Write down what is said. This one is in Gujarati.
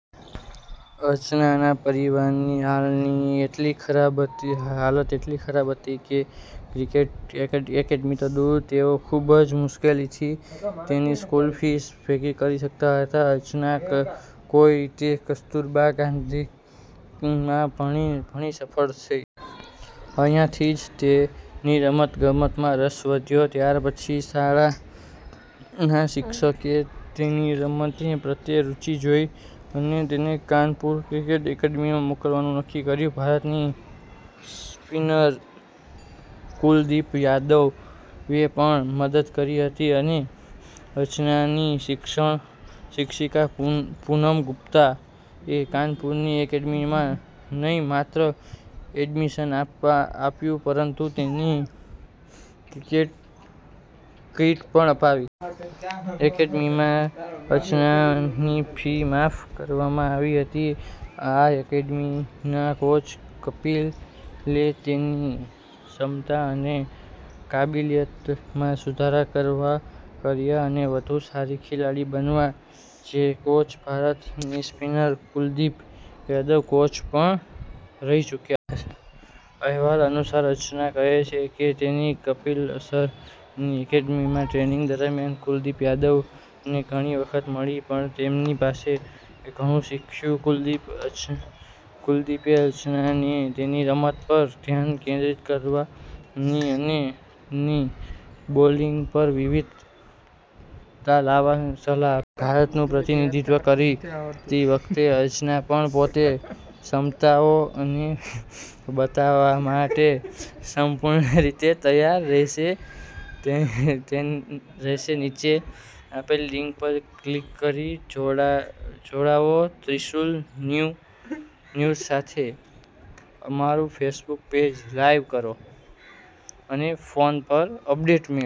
અર્ચનાના પરિવારની હાલત એટલી ખરાબ હતી કે ક્રિકેટ એકેડમી તો દૂરની વાત છે, તેઓ ખૂબ જ મુશ્કેલીથી તેની સ્કૂલની ફી ભેગી કરી શક્યા હતા. અર્ચના કોઈક રીતે કસ્તુરબા ગાંધી સ્કૂલમાં ભણવામાં સફળ રહી. અહીંથી જ તેની રમતગમતમાં રસ વધ્યો. ત્યારપછી શાળાના શિક્ષકે તેની રમત પ્રત્યેની રુચિ જોઈને તેને કાનપુરની ક્રિકેટ એકેડમીમાં મોકલવાનું નક્કી કર્યું. ભારતીય સ્પિનર કુલદીપ યાદવે પણ મદદ કરી હતી અર્ચનાની શિક્ષિકા પૂનમ ગુપ્તાએ તેને કાનપુરની એકેડમીમાં ન માત્ર એડમિશન અપાવ્યું પરંતુ તેને ક્રિકેટ કીટ પણ અપાવી. એકેડમીમાં અર્ચનાની ફી માફ કરવામાં આવી હતી. આ એકેડમીના કોચ કપિલે તેની ક્ષમતા અને કાબેલિયતમાં સુધારો કર્યો અને વધુ સારી ખેલાડી બનાવી, જે કોચ ભારતીય સ્પિનર કુલદીપ યાદવના કોચ પણ રહી ચૂક્યા છે. અહેવાલ અનુસાર, અર્ચના કહે છે કે તે કપિલ સરની એકેડમીમાં ટ્રેનિંગ દરમિયાન કુલદીપ યાદવને ઘણી વખત મળી હતી. તેમની પાસેથી ઘણું શીખ્યા. કુલદીપે અર્ચનાને તેની રમત પર ધ્યાન કેન્દ્રિત કરવાની અને તેની બોલિંગમાં વિવિધતા લાવવાની સલાહ આપી. ભારતનું પ્રતિનિધિત્વ કરતી વખતે અર્ચના પણ પોતાની ક્ષમતાઓ બતાવવા માટે સંપૂર્ણ રીતે તૈયાર રહેશે. નીચે આપેલી લીંક પર ક્લિક કરીને જોડાઓ ત્રિશુલ ન્યૂઝ સાથે. અમારું ફેસબુક પેજ લાઈક કરો અને ફોન પર અપડેટ્સ મેળવતા રહો.